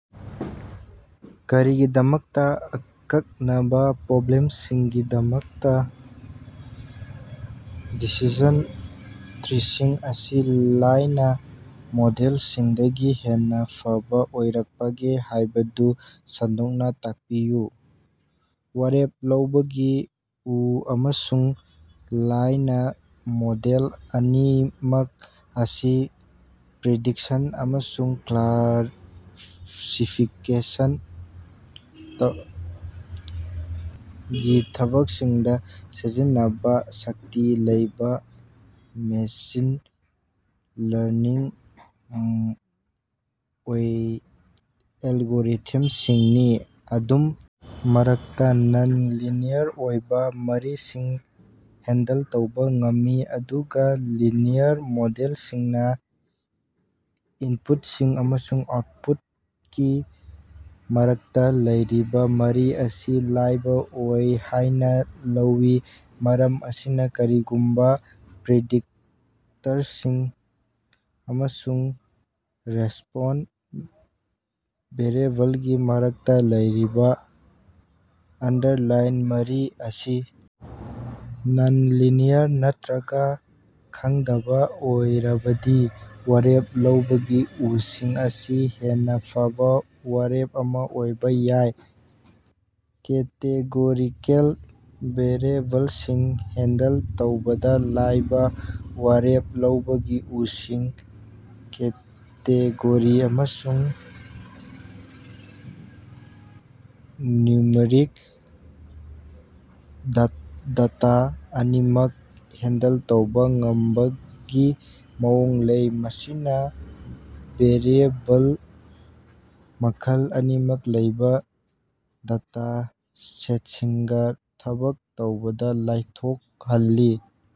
ꯀꯔꯤꯒꯤꯗꯃꯛꯇ ꯑꯀꯛꯅꯕ ꯄ꯭ꯔꯣꯕ꯭ꯂꯦꯝꯁꯤꯡꯒꯤꯗꯃꯛꯇ ꯗꯤꯁꯤꯖꯟ ꯇ꯭ꯔꯤꯁꯤꯡ ꯑꯁꯤ ꯂꯥꯏꯅ ꯃꯣꯗꯦꯜꯁꯤꯡꯗꯒꯤ ꯍꯦꯟꯅ ꯐꯕ ꯑꯣꯏꯔꯛꯄꯒꯦ ꯍꯥꯏꯕꯗꯨ ꯁꯟꯗꯣꯛꯅ ꯇꯥꯛꯄꯤꯌꯨ꯫ ꯋꯥꯔꯦꯞ ꯂꯧꯕꯒꯤ ꯎ ꯑꯃꯁꯨꯡ ꯂꯥꯏꯅ ꯃꯣꯗꯦꯜ ꯑꯅꯤꯃꯛ ꯑꯁꯤ ꯄ꯭ꯔꯤꯗꯤꯛꯁꯟ ꯑꯃꯁꯨꯡ ꯀ꯭ꯂꯥꯁꯤꯐꯤꯀꯦꯁꯟꯒꯤ ꯊꯕꯛꯁꯤꯡꯗ ꯁꯤꯖꯤꯟꯅꯕ ꯁꯛꯇꯤ ꯂꯩꯕ ꯃꯦꯁꯤꯟ ꯂꯔꯅꯤꯡ ꯑꯣꯏ ꯑꯦꯜꯒꯣꯔꯤꯊꯝꯁꯤꯡꯅꯤ꯫ ꯑꯗꯨꯝ ꯃꯔꯛꯇ ꯅꯟ-ꯂꯤꯅꯤꯌꯔ ꯑꯣꯏꯕ ꯃꯔꯤꯁꯤꯡ ꯍꯦꯟꯗꯜ ꯇꯧꯕ ꯉꯝꯃꯤ, ꯑꯗꯨꯒ ꯂꯤꯅꯤꯌꯔ ꯃꯣꯗꯦꯜꯁꯤꯡꯅ ꯏꯟꯄꯨꯠꯁꯤꯡ ꯑꯃꯁꯨꯡ ꯑꯥꯎꯠꯄꯨꯠꯀꯤ ꯃꯔꯛꯇ ꯂꯩꯔꯤꯕ ꯃꯔꯤ ꯑꯁꯤ ꯂꯥꯏꯕ ꯑꯣꯏ ꯍꯥꯏꯅ ꯂꯧꯏ꯫ ꯃꯔꯝ ꯑꯁꯤꯅ ꯀꯔꯤꯒꯨꯝꯕ ꯄ꯭ꯔꯤꯗꯤꯛꯇꯔꯁꯤꯡ ꯑꯃꯁꯨꯡ ꯔꯦꯁꯄꯣꯟꯁ ꯚꯦꯔꯤꯑꯦꯕꯜꯒꯤ ꯃꯔꯛꯇ ꯂꯩꯔꯤꯕ ꯑꯟꯗꯔꯂꯥꯏꯟ ꯃꯔꯤ ꯑꯁꯤ ꯅꯟ-ꯂꯤꯅꯤꯌꯔ ꯅꯠꯇ꯭ꯔꯒ ꯈꯪꯗꯕ ꯑꯣꯏꯔꯕꯗꯤ ꯋꯥꯔꯦꯞ ꯂꯧꯕꯒꯤ ꯎꯁꯤꯡ ꯑꯁꯤ ꯍꯦꯟꯅ ꯐꯕ ꯋꯥꯔꯦꯞ ꯑꯃ ꯑꯣꯏꯕ ꯌꯥꯏ꯫ ꯀꯦꯇꯦꯒꯣꯔꯤꯀꯦꯜ ꯚꯦꯔꯤꯑꯦꯕꯜꯁꯤꯡ ꯍꯦꯟꯗꯜ ꯇꯧꯕꯗ ꯂꯥꯏꯕ: ꯋꯥꯔꯦꯞ ꯂꯧꯕꯒꯤ ꯎꯁꯤꯡꯅ ꯀꯦꯇꯦꯒꯣꯔꯤ ꯑꯃꯁꯨꯡ ꯅ꯭ꯌꯨꯃꯔꯤꯛ ꯗꯦꯇ ꯑꯅꯤꯃꯛ ꯍꯦꯟꯗꯜ ꯇꯧꯕ ꯉꯝꯕꯒꯤ ꯃꯑꯣꯡ ꯂꯩ, ꯃꯁꯤꯅ ꯚꯦꯔꯤꯑꯦꯕꯜ ꯃꯈꯜ ꯑꯅꯤꯃꯛ ꯂꯩꯕ ꯗꯦꯇ ꯁꯦꯠꯁꯤꯡꯒ ꯊꯕꯛ ꯇꯧꯕꯗ ꯂꯥꯏꯊꯣꯛꯍꯜꯂꯤ꯫